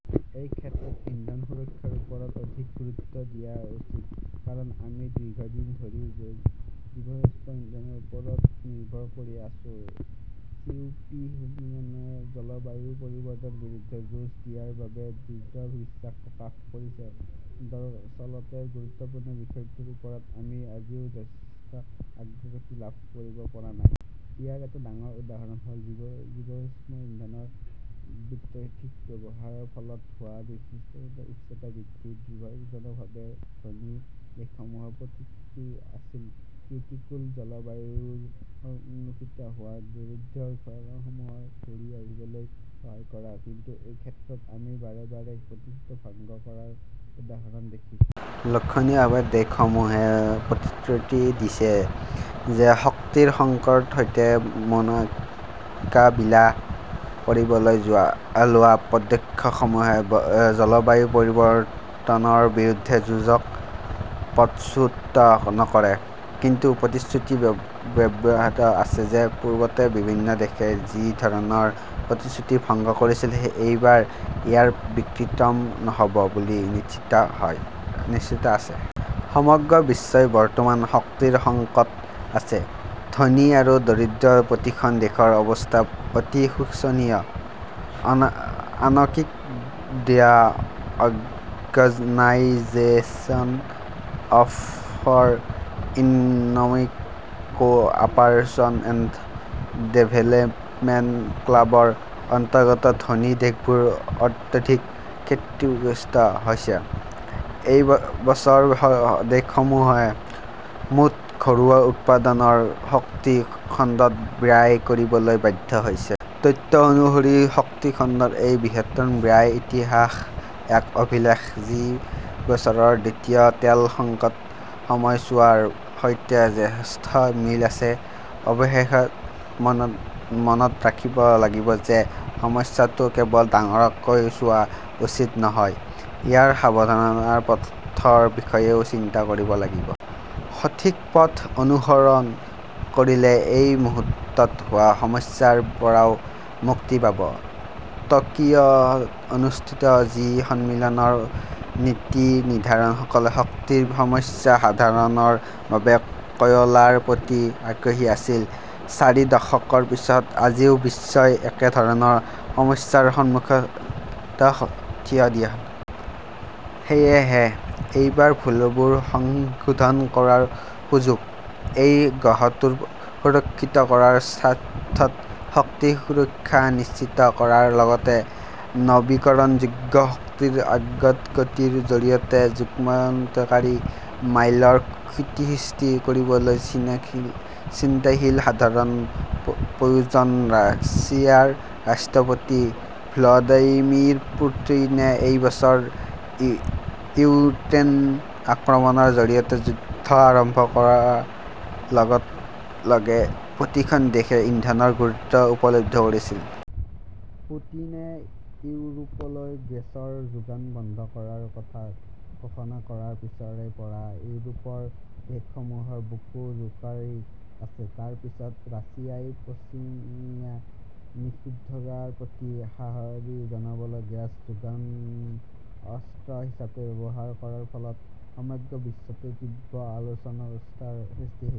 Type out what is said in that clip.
এই ক্ষেত্ৰত ইন্ধন সুৰক্ষাৰ ওপৰত অধিক গুৰুত্ব দিয়া উচিত। কাৰণ, আমি দীৰ্ঘদিন ধৰি জীৱাশ্ম ইন্ধনৰ ওপৰত নিৰ্ভৰ কৰি আহিছো। চি.ও.পি. সন্মিলনে জলবায়ু পৰিৱৰ্তনৰ বিৰুদ্ধে যুঁজ দিয়াৰ বাবে দৃঢ় বিশ্বাস প্ৰকাশ কৰিছে। দৰাচলতে, গুৰুত্বপূৰ্ণ বিষয়টোৰ ওপৰত আমি আজিও যথেষ্ট অগ্ৰগতি লাভ কৰিব পৰা নাই। ইয়াৰ এটা ডাঙৰ উদাহৰণ হ'ল জীৱাশ্ম ইন্ধনৰ অত্যাধিক ব্যৱহাৰৰ ফলত হোৱা বিশ্বব্যাপী উষ্ণতা বৃদ্ধি। দুৰ্ভাগ্যজনকভাৱে, ধনী দেশসমূহৰ প্ৰতিশ্ৰুতি আছিল-প্ৰতিকূল জলবায়ুৰ সন্মুখীন হোৱা দৰিদ্ৰ দেশসমূহক ঘূৰি আহিবলৈ সহায় কৰা। কিন্তু এই ক্ষেত্ৰত আমি বাৰে বাৰে প্ৰতিশ্ৰুতি ভংগ কৰাৰ উদাহৰণ দেখিছো। লক্ষণীয়ভাৱে, দেশসমূহে প্ৰতিশ্ৰুতি দিছে যে শক্তিৰ সংকটৰ সৈতে মোকাবিলা কৰিবলৈ লোৱা পদক্ষেপসমূহে জলবায়ু পৰিৱৰ্তনৰ বিৰুদ্ধে যুঁজক পথচ্যুত নকৰে। কিন্তু প্ৰতিশ্ৰুতি অব্যাহত আছে যে পূৰ্বতে বিভিন্ন দেশে যি ধৰণৰ প্ৰতিশ্ৰুতি ভংগ কৰিছিল, এইবাৰ ইয়াৰ ব্যতিক্ৰম নহ'ব বুলি কি নিশ্চয়তা আছে? সমগ্ৰ বিশ্বই বৰ্তমান শক্তিৰ সংকটত আছে। ধনী আৰু দৰিদ্ৰ প্ৰতিখন দেশৰ অৱস্থা অতি শোচনীয়। আনকি the organisation for economic cooperation and development ক্লাবৰ অন্তৰ্গত ধনী দেশবোৰো অত্যাধিক ক্ষতিগ্ৰস্ত হৈছে। এই বছৰ দেশসমূহে মুঠ ঘৰুৱা উৎপাদনৰ শক্তি খণ্ডত ব্যয় কৰিবলৈ বাধ্য হৈছে। তথ্য অনুসৰি, শক্তি খণ্ডৰ এই বৃহৎ ব্যয় ইতিহাসত এক অভিলেখ, যি বছৰৰ দ্বিতীয় তেল সংকটৰ সময়ছোৱাৰ সৈতে যথেষ্ট মিল আছে। অৱশ্যে মনত ৰাখিব লাগিব যে সমস্যাটো কেৱল ডাঙৰকৈ চোৱা উচিত নহয়। ইয়াৰ সমাধানৰ পথৰ বিষয়েও চিন্তা কৰিব লাগিব। সঠিক পথ অনুসৰণ কৰিলে এই মুহূৰ্তত হোৱা সমস্যাৰ পৰাও মুক্তি পাব। টকিঅ'ত অনুষ্ঠিত জি সন্মিলনৰ নীতি নিৰ্ধাৰকসকলে শক্তিৰ সমস্যা সমাধানৰ বাবে কয়লাৰ প্ৰতি আগ্ৰহী আছিল। চাৰি দশকৰ পিছত আজিও বিশ্বই একে ধৰণৰ সমস্যাৰ সন্মুখত থিয় দিছে। সেয়েহে, এইবাৰ ভুলবোৰ সংশোধন কৰাৰ সুযোগ। এই গ্ৰহটোক সুৰক্ষিত কৰাৰ স্বাৰ্থত শক্তি সুৰক্ষা নিশ্চিত কৰাৰ লগতে নৱীকৰণযোগ্য শক্তিৰ অগ্ৰগতিৰ জৰিয়তে যুগান্তকাৰী মাইলৰ খুঁটি সৃষ্টি কৰিবলৈ চিন্তাশীল সমাধানৰ প্ৰয়োজন। ৰাছিয়াৰ ৰাষ্ট্ৰপতি ভ্লাদিমিৰ পুটিনে এই বছৰ ইউক্ৰেইন আক্ৰমণৰ জৰিয়তে যুদ্ধ আৰম্ভ কৰাৰ লগে লগে প্ৰতিখন দেশে ইন্ধনৰ গুৰুত্ব উপলব্ধি কৰিছিল। পুটিনে ইউৰোপলৈ গেছৰ যোগান বন্ধ কৰাৰ কথা ঘোষণা কৰাৰ পিছৰে পৰা ইউৰোপৰ দেশসমূহৰ বুকু জোকাৰি আছে। তাৰ পিছত ৰাছিয়াই পশ্চিমীয়া নিষেধাজ্ঞাৰ প্ৰতি সঁহাৰি জনাবলৈ গেছ যোগানক 'অস্ত্ৰ' হিচাপে ব্যৱহাৰ কৰাৰ ফলত সমগ্ৰ বিশ্বতে তীব্ৰ অচলাবস্থাৰ সৃষ্টি হৈছিল।